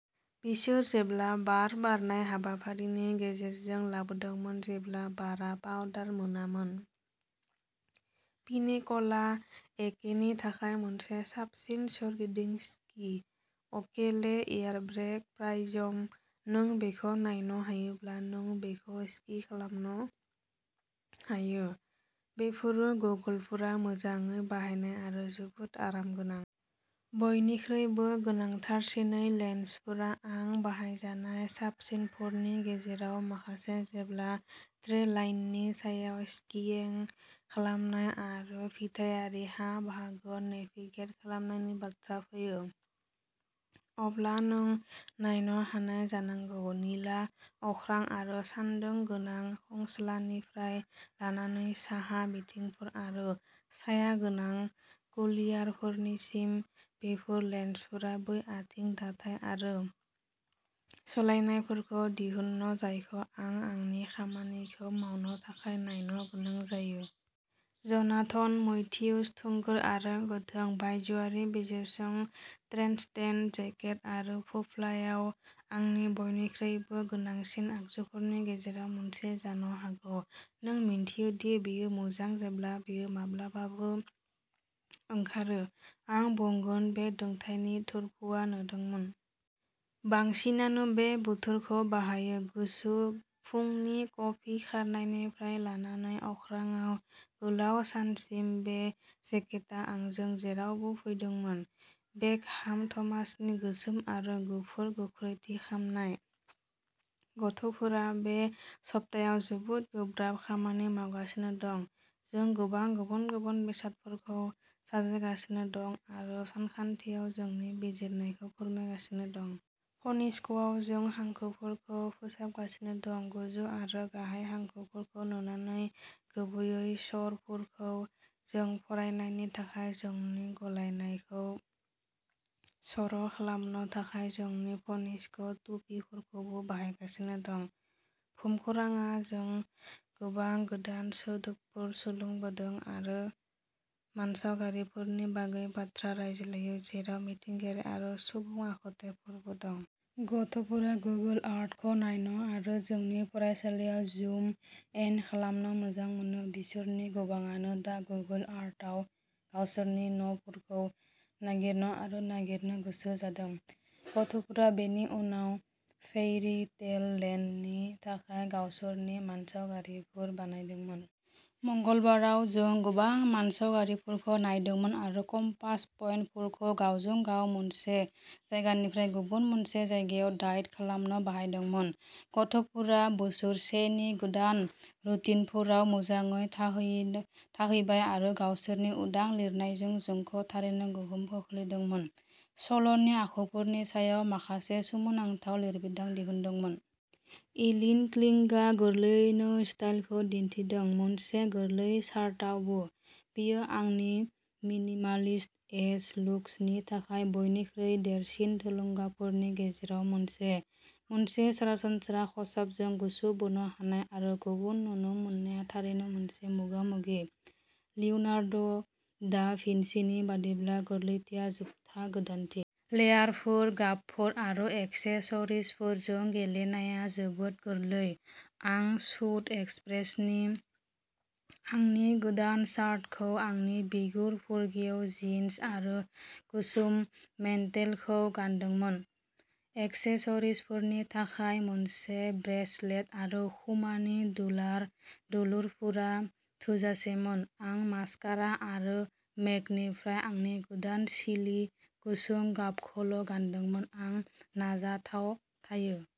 बिसोर जेब्ला बार बारनाय हाबाफारिनि गेजेरजों लाबोदोंमोन जेब्ला बारा पाउडार मोनामोन। पिनेकलआ एकेनि थाखाय मोनसे साबसिन सोरगिदिं स्कि। अकले एयारब्रेक प्राइजम-"नों बेखौ नायनो हायोब्ला नों बेखौ स्कि खालामनो हायो।" बेफोर गगलफोरा मोजाङै बानायनाय आरो जोबोद आरामगोनां। बयनिख्रुइबो गोनांथारसिनै लेन्सफोरा आं बाहायजानाय साबसिनफोरनि गेजेराव माखासे। जेब्ला ट्रेइलाइननि सायाव सिकेइं खालामनाय आरो फिथायारि हा-बाहागोआव नेभिगेट खालामनायनि बाथ्रा फैयो, अब्ला नों नायनो हानाय जानांगौ। निला अख्रां आरो सान्दुं गोनां खंस्लायनिफ्राय लानानै साहा बिथिंफोर आरो सायागोनां कुलियारफोरसिम बेफोर लेन्सफोरा बै ओंथि, दाथाय आरो सोलायनायफोरखौ दिहुनो जायखौ आं आंनि खामानिखौ मावनो थाखाय नायनो गोनां जायो। Jonathan Matthews. थोंगोर आरो गोथौ। बायजोआरि बिजिरसं ट्रेन्सडेन्ट जेकेट-आरो फुफ्लाया आंनि बयनिख्रुइबो गोनांसिन आगजुफोरनि गेजेराव मोनसे जानो हागौ। नों मिन्थियो दि बेयो मोजां जेब्ला बेयो माब्लाबाबो ओंखारो। आं बुंगोन बे दुंथायनि थोरफोआ नुदोंमोन। बांसिनानो बे बोथोरखौ बाहायो। गुसु फुंनि कफि खारनायनिफ्राय लानानै अख्राङाव गोलाव सानसिम बे जेकेटआ आंजों जेरावबो फैदोंमोन। बेकहाम थमासनि गोसोम आरो गुफुर गोख्रैथि खामनाय। गथ'फोरा बे सप्तायाव जोबोद गोब्राब खामानि मावगासिनो दं। जों गोबां गुबुन-गुबुन बेसादफोरखौ साजायगासिनो दं आरो सानखान्थियाव जोंनि बिजिरनायखौ फोरमायगासिनो दं। फनिक्सआव, जों हांखोफोरखौ फोसाबगासिनो दं-गोजौ आरो गाहाय हांखोफोरखौ नुनानै, गुबैयै स्वरफोरखौ। जों फरायनायनि थाखाय जोंनि गलायनायखौ सर'खालामनो थाखाय जोंनि फनिक्स टुपिफोरखौबो बाहायगासिनो दं। भुमखौरांआ, जों गोबां गोदान सोदोबफोर सोलोंबोदों आरो मानसावगारिफोरनि बागै बाथ्रा रायज्लायो, जेराव मिथिंगायारि आरो सुबुं आखुथायफोरबो दं। गथ'फोरा गुगोल आर्थखौ नायनो आरो जोंनि फरायसालियाव जुम एन खालामनो मोजां मोनो। बिसोरनि गोबांआनो दा गुगोल आर्थआव गावसोरनि न'फोरखौ नागिरनो आरो नागिरनो गोसो जादों! गथ'फोरा बेनि उनाव फेयरी टेल लेन्डनि थाखाय गावसोरनि मानसावगारिफोर बानायदोंमोन। मंगलबाराव। जों गोबां मानसावगारिफोरखौ नायदोंमोन आरो कम्पास पइन्टफोरखौ गावजों-गाव मोनसे जायगानिफ्राय गुबुन मोनसे जायगायाव डायेट खालामनो बाहायदोंमोन। गथ'फोरा बोसोर से नि गोदान रुटिनफोराव मोजाङै थाहैनो थाहैबाय आरो गावसोरनि उदां लिरनायजों जोंखौ थारैनो गोहोम खोख्लैदोंमोन, सल'नि आखुफोरनि सायाव माखासे सोमोनांथाव लिरबिदां दिहुनदोंमोन। एलिन क्लिंगआ गोरलैयैनो स्टाइलखौ दिन्थिदों, मोनसे गोरलै शार्टआवबो। बियो आंनि मिनिमालिस्ट एज लुक्सनि थाखाय बयनिख्रुइ देरसिन थुलुंगाफोरनि गेजेराव मोनसे। मोनसे सरासनस्रा खसाबजों गोसो बोनो हानाय आरो गुबुन नुनो मोननाया थारैनो मोनसे मोगामोगि। लिउआनाद दा भिन्चिनि बायदिब्ला, गोरलैथिया जोबथा गोदानथि। लेयारफोर, गाबफोर आरो एक्सेसरिजफोरजों गेलेनाया जोबोद गोरलै। आं सुद एक्सप्रेसनि आंनि गोदान शार्टखौ, आंनि बिगुर फुरगेव जिन्स आरो गोसोम मेन्टेलखौ गानदोंमोन। एक्सेसरिजफोरनि थाखाय, मोनसे ब्रेसलेट आरो खोमानि दुलार दुलुरफोरा थोजासेमोन। आं मास्कारा आरो मेकनिफ्राय आंनि गोदान "चिलि" गुसुं गाबखौल'गानदोंमोन। आं नाजाथाव थायो।